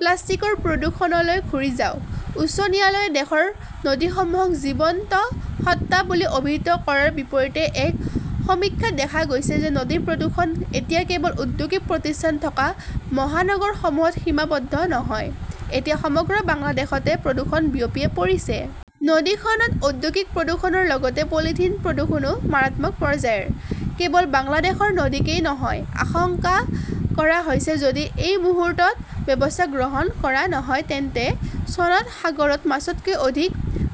প্লাষ্টিকৰ প্ৰদূষণলৈ ঘূৰি যাওক। উচ্চ ন্যায়ালয়ে দেশৰ নদীসমূহক জীৱন্ত সত্তা বুলি অভিহিত কৰাৰ বিপৰীতে এক সমীক্ষাত দেখা গৈছে যে নদী প্ৰদূষণ এতিয়া কেৱল ঔদ্যোগিক প্ৰতিষ্ঠান থকা মহানগৰসমূহত সীমাবদ্ধ নহয়। এতিয়া সমগ্ৰ বাংলাদেশতে প্ৰদূষণ বিয়পি পৰিছে। নদীখনত ঔদ্যোগিক প্ৰদূষণৰ লগতে পলিথিন প্ৰদূষণও মাৰাত্মক পৰ্যায়ৰ। কেৱল বাংলাদেশৰ নদীকেই নহয়, আশংকা কৰা হৈছে-যদি এই মুহূৰ্তত ব্যৱস্থা গ্ৰহণ কৰা নহয় তেন্তে চনত সাগৰত মাছতকৈ অধিক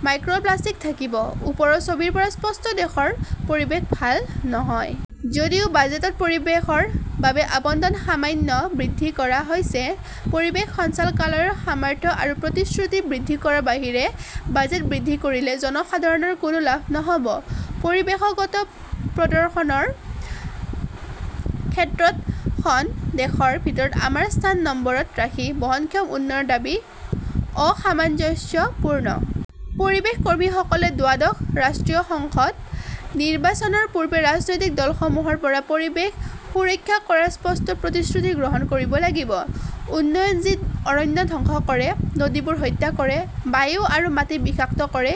মাইক্ৰ প্লাষ্টিক থাকিব। ওপৰৰ ছবিৰ পৰা স্পষ্ট, দেশৰ পৰিৱেশ ভাল নহয়। যদিও বাজেটত পৰিৱেশৰ বাবে আবণ্টন সামান্য বৃদ্ধি কৰা হৈছে, পৰিৱেশ সঞ্চালকালয়ৰ সামৰ্থ্য আৰু প্ৰতিশ্ৰুতি বৃদ্ধি কৰাৰ বাহিৰে বাজেট বৃদ্ধি কৰিলে জনসাধাৰণৰ কোনো লাভ নহ’ব। পৰিৱেশগত প্ৰদৰ্শনৰ ক্ষেত্ৰত খন দেশৰ ভিতৰত আমাৰ স্থান নম্বৰত ৰাখি বহনক্ষম উন্নয়নৰ দাবী অসামঞ্জস্যপূৰ্ণ। পৰিৱেশ কৰ্মীসকলে দ্বাদশ ৰাষ্ট্ৰীয় সংসদ নিৰ্বাচনৰ পূৰ্বে ৰাজনৈতিক দলসমূহৰ পৰা পৰিৱেশ সুৰক্ষা কৰাৰ স্পষ্ট প্ৰতিশ্ৰুতি গ্ৰহণ কৰিব লাগিব। উন্নয়ন যি অৰণ্য ধ্বংস কৰে; নদীবোৰে হত্যা কৰে; বায়ু আৰু মাটি বিষাক্ত কৰে,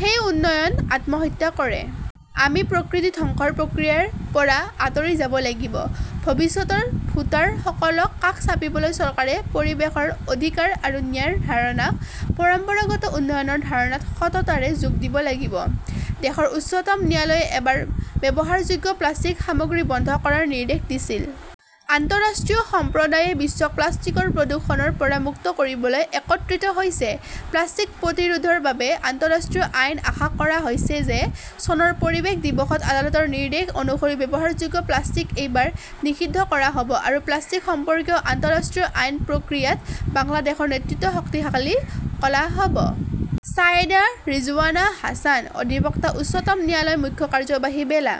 সেই উন্নয়ন আত্মহত্যা কৰে। আমি প্ৰকৃতি ধ্বংসৰ প্ৰক্ৰিয়াৰ পৰা আঁতৰি যাব লাগিব। ভৱিষ্যতৰ ভোটাৰসকলক কাষ চাপিবলৈ চৰকাৰে পৰিৱেশৰ অধিকাৰ আৰু ন্যায়ৰ ধাৰণাক পৰম্পৰাগত উন্নয়নৰ ধাৰণাত সততাৰে যোগ দিব লাগিব। দেশৰ উচ্চতম ন্যায়ালয়ে এবাৰ ব্যৱহাৰযোগ্য প্লাষ্টিক সামগ্ৰী বন্ধ কৰাৰ নিৰ্দেশ দিছিল। আন্তঃৰাষ্ট্ৰীয় সম্প্ৰদায়ে বিশ্বক প্লাষ্টিকৰ প্ৰদূষণৰ পৰা মুক্ত কৰিবলৈ একত্ৰিত হৈছে। প্লাষ্টিক প্ৰতিৰোধৰ বাবে আন্তঃৰাষ্ট্ৰীয় আইন আশা কৰা হৈছে যে চনৰ পৰিৱেশ দিৱসত আদালতৰ নিৰ্দেশ অনুসৰি ব্যৱহাৰযোগ্য প্লাষ্টিক এইবাৰ নিষিদ্ধ কৰা হ 'ব আৰু প্লাষ্টিক সম্পৰ্কীয় আন্তঃৰাষ্ট্ৰীয় আইন প্ৰক্ৰিয়াত বাংলাদেশৰ নেতৃত্ব শক্তিশালী কৰা হ' ব। ছায়েদা ৰিজৱানা হাছানঃ অধিবক্তা, উচ্চতম ন্যায়ালয়; মুখ্য কাৰ্যবাহী, বেলা।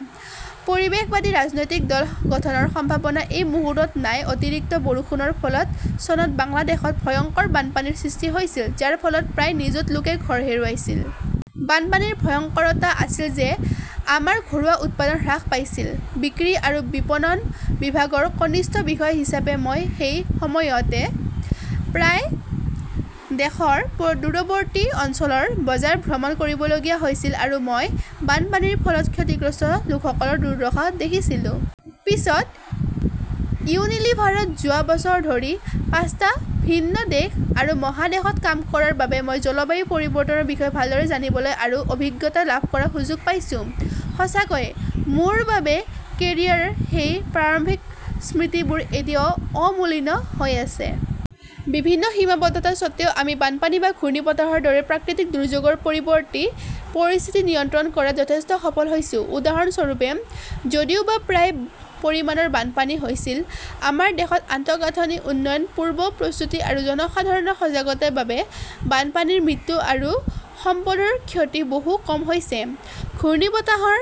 পৰিৱেশবাদী ৰাজনৈতিক দল গঠনৰ সম্ভাৱনা এই মুহূৰ্তত নাই অতিৰিক্ত বৰষুণৰ ফলত চনত বাংলাদেশত ভয়ংকৰ বানপানীৰ সৃষ্টি হৈছিল, যাৰ ফলত প্ৰায় নিযুত লোকে ঘৰ হেৰুৱাইছিল। বানপানীৰ ভয়ংকৰতা আছিল যে আমাৰ ঘৰুৱা উৎপাদন হ্ৰাস পাইছিল। বিক্ৰী আৰু বিপণন বিভাগৰ কনিষ্ঠ বিষয়া হিচাপে মই সেই সময়তে প্ৰায়ে দেশৰ দূৰৱৰ্তী অঞ্চলৰ বজাৰ ভ্ৰমণ কৰিবলগীয়া হৈছিল আৰু মই বানপানীৰ ফলত ক্ষতিগ্ৰস্ত লোকসকলৰ দুৰ্দশা দেখিছিলোঁ। পিছত ইউনিলিভাৰত যোৱা বছৰ ধৰি পাঁচটা ভিন্ন দেশ আৰু মহাদেশত কাম কৰাৰ বাবে মই জলবায়ু পৰিৱৰ্তনৰ বিষয়ে ভালদৰে জানিবলৈ আৰু অভিজ্ঞতা লাভ কৰাৰ সুযোগ পাইছো। সঁচাকৈয়ে মোৰ বাবে কেৰিয়াৰৰ সেই প্ৰাৰম্ভিক স্মৃতিবোৰ এতিয়াও অমোলিন হৈ আছে। বিভিন্ন সীমাবদ্ধতাৰ স্বত্বেও আমি বানপানী বা ঘূৰ্ণীবতাহৰ দৰে প্ৰাকৃতিক দুৰ্যোগৰ পৰিৱৰ্তী পৰিস্থিতি নিয়ন্ত্ৰণ কৰাত যথেষ্ট সফল হৈছো। উদাহৰণস্বৰূপে, যদিও বা প্ৰায় পৰিমাণৰ বানপানী হৈছিল, আমাৰ দেশত আন্তঃগাঁথনি উন্নয়ন, পূৰ্ব প্ৰস্তুতি আৰু জনসাধাৰণৰ সজাগতাৰ বাবে বানপানীত মৃত্যু আৰু সম্পদৰ ক্ষতি বহু কম হৈছে। ঘূৰ্ণীবতাহৰ